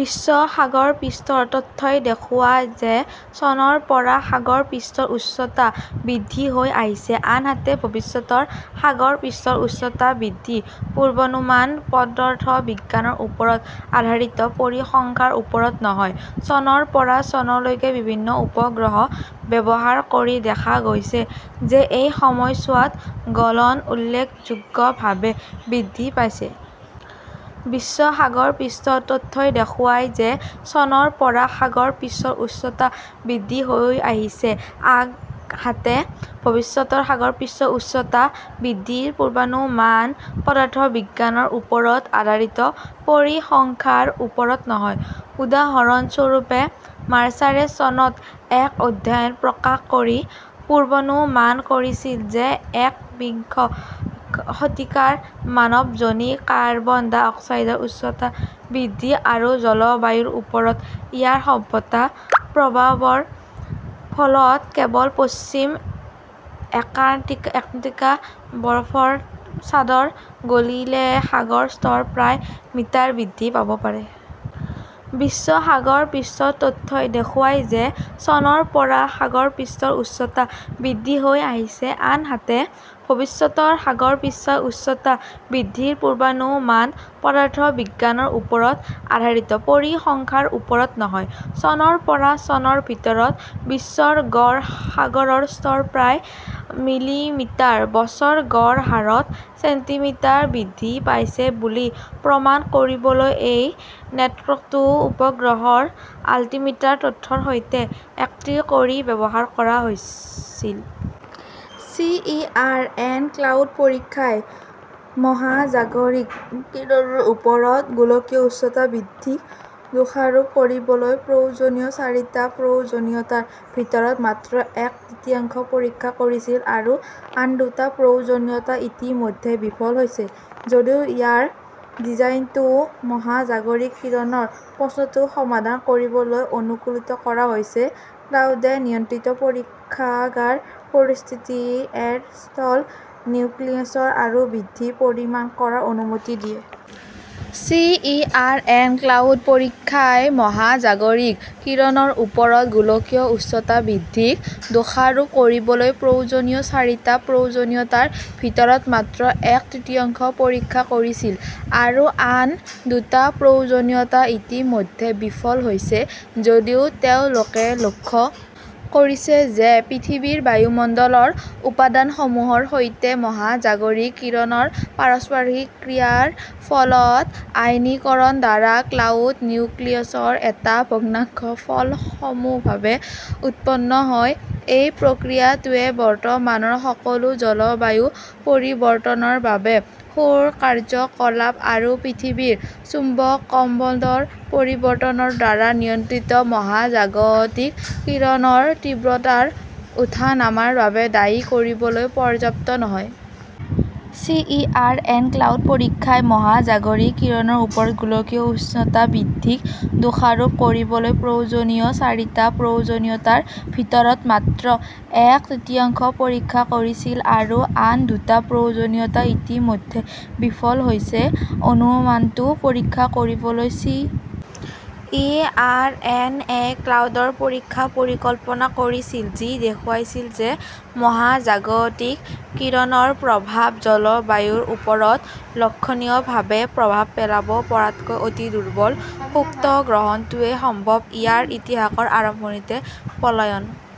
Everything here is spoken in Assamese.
বিশ্ব সাগৰপৃষ্ঠৰ তথ্যই দেখুৱায় যে চনৰ পৰা সাগৰপৃষ্ঠৰ উচ্চতা বৃদ্ধি হৈ আহিছে আনহাতে ভৱিষ্যতৰ সাগৰপৃষ্ঠৰ উচ্চতা বৃদ্ধিৰ পূৰ্বানুমান পদাৰ্থবিজ্ঞানৰ ওপৰত আধাৰিত, পৰিসংখ্যাৰ ওপৰত নহয়। চনৰ পৰা চনলৈকে বিভিন্ন উপগ্ৰহ ব্যৱহাৰ কৰি দেখা গৈছে যে এই সময়ছোৱাত গলন উল্লেখযোগ্যভাৱে বৃদ্ধি পাইছে। বিশ্ব সাগৰপৃষ্ঠৰ তথ্যই দেখুৱায় যে চনৰ পৰা সাগৰপৃষ্ঠৰ উচ্চতা বৃদ্ধি হৈ আহিছে আনহাতে ভৱিষ্যতৰ সাগৰপৃষ্ঠৰ উচ্চতা বৃদ্ধিৰ পূৰ্বানুমান পদাৰ্থবিজ্ঞানৰ ওপৰত আধাৰিত, পৰিসংখ্যাৰ ওপৰত নহয়। উদাহৰণস্বৰূপে, মাৰ্চাৰে চনত এক অধ্যয়ন প্ৰকাশ কৰি পূৰ্বানুমান কৰিছিল যে একবিংশ শতিকাত মানৱজনিত কাৰ্বন ডাই অক্সাইডৰ উষ্ণতা বৃদ্ধি আৰু জলবায়ুৰ ওপৰত ইয়াৰ সম্ভাৱ্য প্ৰভাৱৰ ফলত কেৱল পশ্চিম এণ্টাৰ্কটিকাৰ বৰফৰ চাদৰ গলিলে সাগৰৰ স্তৰ প্ৰায় মিটাৰ বৃদ্ধি পাব পাৰে। বিশ্ব সাগৰপৃষ্ঠৰ তথ্যই দেখুৱায় যে চনৰ পৰা সাগৰপৃষ্ঠৰ উচ্চতা বৃদ্ধি হৈ আহিছে আনহাতে ভৱিষ্যতৰ সাগৰপৃষ্ঠৰ উচ্চতা বৃদ্ধিৰ পূৰ্বানুমান পদাৰ্থবিজ্ঞানৰ ওপৰত আধাৰিত, পৰিসংখ্যাৰ ওপৰত নহয়। চনৰ পৰা চনৰ ভিতৰত বিশ্বৰ গড় সাগৰৰ স্তৰ প্ৰায় মিলিমিটাৰ/বছৰ গড় হাৰত ছেণ্টিমিটাৰ বৃদ্ধি পাইছে বুলি প্ৰমাণ কৰিবলৈ এই নেটৱৰ্কটো উপগ্ৰহৰ আল্টিমিটাৰ তথ্যৰ সৈতে একত্ৰিত কৰি ব্যৱহাৰ কৰা হৈছিল। C. E. R. N. Cloud পৰীক্ষাই মহাজাগতিক কিৰণৰ ওপৰত গোলকীয় উষ্ণতা বৃদ্ধিক দোষাৰোপ কৰিবলৈ প্ৰয়োজনীয় চাৰিটা প্ৰয়োজনীয়তাৰ ভিতৰত মাত্ৰ এক তৃতীয়াংশ পৰীক্ষা কৰিছিল, আৰু আন দুটা প্ৰয়োজনীয়তা ইতিমধ্যে বিফল হৈছে। যদিও ইয়াৰ ডিজাইনটো মহাজাগতিক কিৰণৰ প্ৰশ্নটো সমাধান কৰিবলৈ অনুকূলিত কৰা হৈছে, ক্লাউডে নিয়ন্ত্ৰিত পৰীক্ষাগাৰৰ পৰিস্থিতিত এৰ "ছ" ল নিউক্লিয়েচন আৰু বৃদ্ধি পৰিমাপ কৰাৰ অনুমতি দিয়ে। C. E. R. N. Cloud পৰীক্ষাই মহাজাগতিক কিৰণৰ ওপৰত গোলকীয় উষ্ণতা বৃদ্ধিক দোষাৰোপ কৰিবলৈ প্ৰয়োজনীয় চাৰিটা প্ৰয়োজনীয়তাৰ ভিতৰত মাত্ৰ এক তৃতীয়াংশ পৰীক্ষা কৰিছিল, আৰু আন দুটা প্ৰয়োজনীয়তা ইতিমধ্যে বিফল হৈছে। যদিও তেওঁলোকে লক্ষ্য কৰিছে যে পৃথিৱীৰ বায়ুমণ্ডলৰ উপাদানসমূহৰ সৈতে মহাজাগতিক কিৰণৰ পাৰস্পৰিক ক্ৰিয়াৰ ফলত আয়নিকৰণৰ দ্বাৰা ক্লাউড নিউক্লিয়াছৰ এটা ভগ্নাংশ ফলপ্ৰসূভাৱে উৎপন্ন হয়, এই প্ৰক্ৰিয়াটোৱে বৰ্তমানৰ সকলো জলবায়ু পৰিৱৰ্তনৰ বাবে সৌৰ কাৰ্য্যকলাপ আৰু পৃথিৱীৰ চুম্বকমণ্ডলৰ পৰিৱৰ্তনৰ দ্বাৰা নিয়ন্ত্ৰিত মহাজাগতিক কিৰণৰ তীব্ৰতাৰ ওঠানামাৰ বাবে দায়ী কৰিবলৈ পৰ্যাপ্ত নহয়। C. E. R. N. Cloud পৰীক্ষাই মহাজাগতিক কিৰণৰ ওপৰত গোলকীয় উষ্ণতা বৃদ্ধিক দোষাৰোপ কৰিবলৈ প্ৰয়োজনীয় চাৰিটা প্ৰয়োজনীয়তাৰ ভিতৰত মাত্ৰ এক তৃতীয়াংশ পৰীক্ষা কৰিছিল, আৰু আন দুটা প্ৰয়োজনীয়তা ইতিমধ্যে বিফল হৈছে। অনুমানটো পৰীক্ষা কৰিবলৈ, চি. ই. আৰ. এন. -এ ক্লাউড পৰীক্ষাৰ পৰিকল্পনা কৰিছিল, যি দেখুৱাইছিল যে মহাজাগতিক কিৰণৰ প্ৰভাৱ জলবায়ুৰ ওপৰত লক্ষণীয়ভাৱে প্ৰভাৱ পেলাব পৰাকৈ অতি দুৰ্বল। শুক্ৰ গ্ৰহটোৱে সম্ভৱতঃ ইয়াৰ ইতিহাসৰ আৰম্ভণিতে পলায়ন